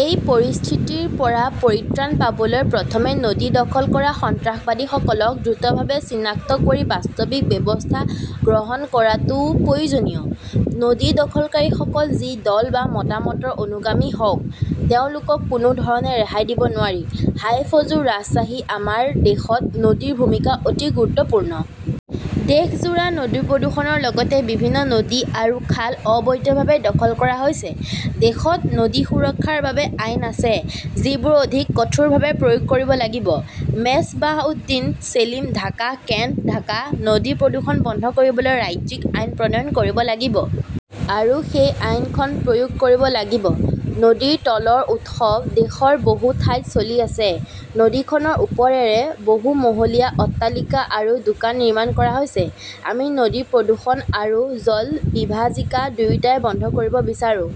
এই পৰিস্থিতিৰ পৰা পৰিত্ৰাণ পাবলৈ প্ৰথমে নদী দখল কৰা সন্ত্ৰাসবাদীসকলক দ্ৰুতভাৱে চিনাক্ত কৰি বাস্তৱিক ব্যৱস্থা গ্ৰহণ কৰাটো প্ৰয়োজনীয়। নদী দখলকাৰীসকল যি দল বা মতামতৰ অনুগামী হওক, তেওঁলোকক কোনো ধৰণে ৰেহাই দিব নোৱাৰি। হাইফজু ৰাজশ্বাহী আমাৰ দেশত নদীৰ ভূমিকা অতি গুৰুত্বপূৰ্ণ। দেশজোৰা নদী প্ৰদূষণৰ লগতে বিভিন্ন নদী আৰু খাল অবৈধভাৱে দখল কৰা হৈছে। দেশত নদী সুৰক্ষাৰ বাবে আইন আছে, যিবোৰ অধিক কঠোৰভাৱে প্ৰয়োগ কৰিব লাগিব। মেজবাহউদ্দিন ছেলিম ঢাকা কেণ্ট ঢাকা নদী প্ৰদূষণ বন্ধ কৰিবলৈ ৰাজ্যিক আইন প্ৰণয়ন কৰিব লাগিব। আৰু সেই আইনখন প্ৰয়োগ কৰিব লাগিব। নদীৰ তলৰ উৎসৱ দেশৰ বহু ঠাইত চলি আছে। নদীখনৰ ওপৰেৰে বহু মহলীয়া অট্টালিকা আৰু দোকান নিৰ্মাণ কৰা হৈছে। আমি নদী প্ৰদূষণ আৰু জলবিভাজিকা দুয়োটাই বন্ধ কৰিব বিচাৰো।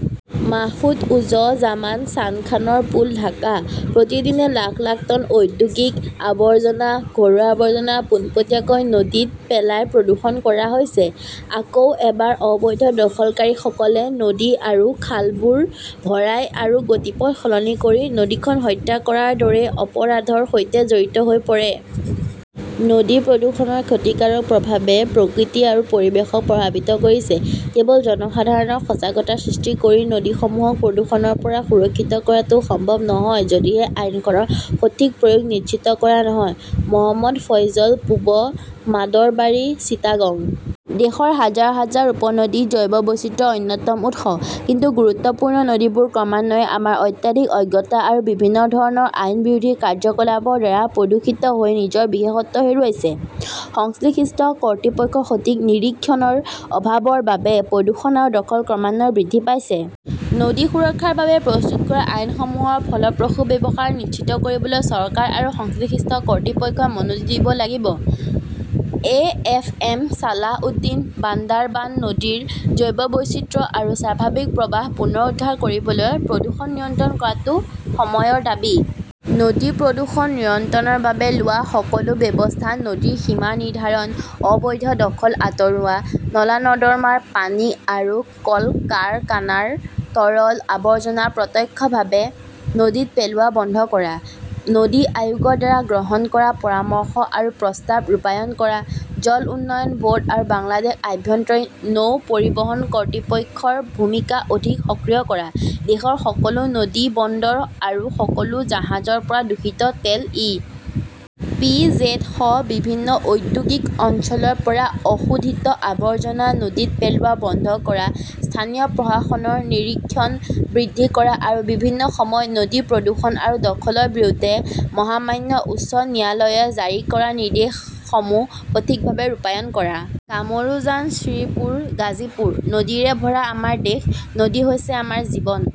মাসুদ উজ জামান চানখানৰ পুল ঢাকা। প্ৰতিদিনে লাখ লাখ টন ঔদ্যোগিক আৱৰ্জনা, ঘৰুৱা আৱৰ্জনা পোনপটীয়াকৈ নদীত পেলাই প্ৰদূষণ কৰা হৈছে। আকৌ এবাৰ অবৈধ দখলকাৰীসকলে নদী আৰু খালবোৰ ভৰাই আৰু গতিপথ সলনি কৰি নদীখন হত্যা কৰাৰ দৰে অপৰাধৰ সৈতে জড়িত হৈ পৰে। নদী প্ৰদূষণৰ ক্ষতিকাৰক প্ৰভাৱে প্ৰকৃতি আৰু পৰিৱেশক প্ৰভাৱিত কৰিছে। কেৱল জনসাধাৰণৰ সজাগতা সৃষ্টি কৰি নদীসমূহক প্ৰদূষণৰ পৰা সুৰক্ষিত কৰাটো সম্ভৱ নহয় যদিহে আইনখনৰ সঠিক প্ৰয়োগ নিশ্চিত কৰা নহয়। মহম্মদ ফয়জল পূব মাদৰবাৰী, চিটাগং। দেশৰ হাজাৰ হাজাৰ উপনদী জৈৱ বৈচিত্ৰ্যৰ অন্যতম উৎস, কিন্তু গুৰুত্বপূৰ্ণ নদীবোৰ ক্ৰমান্বয়ে আমাৰ অত্যাধিক অজ্ঞতা আৰু বিভিন্ন ধৰণৰ আইন বিৰোধী কাৰ্যকলাপৰ দ্বাৰা প্ৰদূষিত হৈ নিজৰ বিশেষত্ব হেৰুৱাইছে। সংশ্লিষ্ট কৰ্তৃপক্ষৰ সঠিক নিৰীক্ষণৰ অভাৱৰ বাবে প্ৰদূষণ আৰু দখল ক্ৰমান্বয়ে বৃদ্ধি পাইছে। নদী সুৰক্ষাৰ বাবে প্ৰস্তুত কৰা আইনসমূহৰ ফলপ্ৰসূ ব্যৱহাৰ নিশ্চিত কৰিবলৈ চৰকাৰ আৰু সংশ্লিষ্ট কৰ্তৃপক্ষই মনোযোগ দিব লাগিব। A. F. M. Salahuddin Bandarban নদীৰ জৈৱ বৈচিত্ৰ্য আৰু স্বাভাৱিক প্ৰৱাহ পুনৰুদ্ধাৰ কৰিবলৈ প্ৰদূষণ নিয়ন্ত্ৰণ কৰাটো সময়ৰ দাবী। নদী প্ৰদূষণ নিয়ন্ত্ৰণৰ বাবে লোৱা সকলো ব্যৱস্থা-নদীৰ সীমা নিৰ্ধাৰণ, অবৈধ দখল আঁতৰোৱা, নলা-নৰ্দমাৰ পানী আৰু কলকাৰকানাৰ তৰল আৱৰ্জনা প্ৰত্যক্ষভাৱে নদীত পেলোৱা বন্ধ কৰা, নদী আয়োগৰ দ্বাৰা গ্ৰহণ কৰা পৰামৰ্শ আৰু প্ৰস্তাৱ ৰূপায়ণ কৰা, জল উন্নয়ন ব'ৰ্ড আৰু বাংলাদেশ আভ্যন্তৰীণ নৌ পৰিবহণ কৰ্তৃপক্ষৰ ভূমিকা অধিক সক্ৰিয় কৰা, দেশৰ সকলো নদী বন্দৰ আৰু সকলো জাহাজৰ পৰা দূষিত তেল, ই. পি. জেড. সহ বিভিন্ন ঔদ্যোগিক অঞ্চলৰ পৰা অশোধিত আৱৰ্জনা নদীত পেলোৱা বন্ধ কৰা, স্থানীয় প্ৰশাসনৰ নিৰীক্ষণ বৃদ্ধি কৰা আৰু বিভিন্ন সময়ত নদী প্ৰদূষণ আৰু দখলৰ বিৰুদ্ধে মহামান্য উচ্চ ন্যায়ালয়ে জাৰি কৰা নিৰ্দেশসমূহ সঠিকভাৱে ৰূপায়ণ কৰা। কামৰুজান শ্ৰীপুৰ, গাজীপুৰ। নদীৰে ভৰা আমাৰ দেশ। নদী হৈছে আমাৰ জীৱন।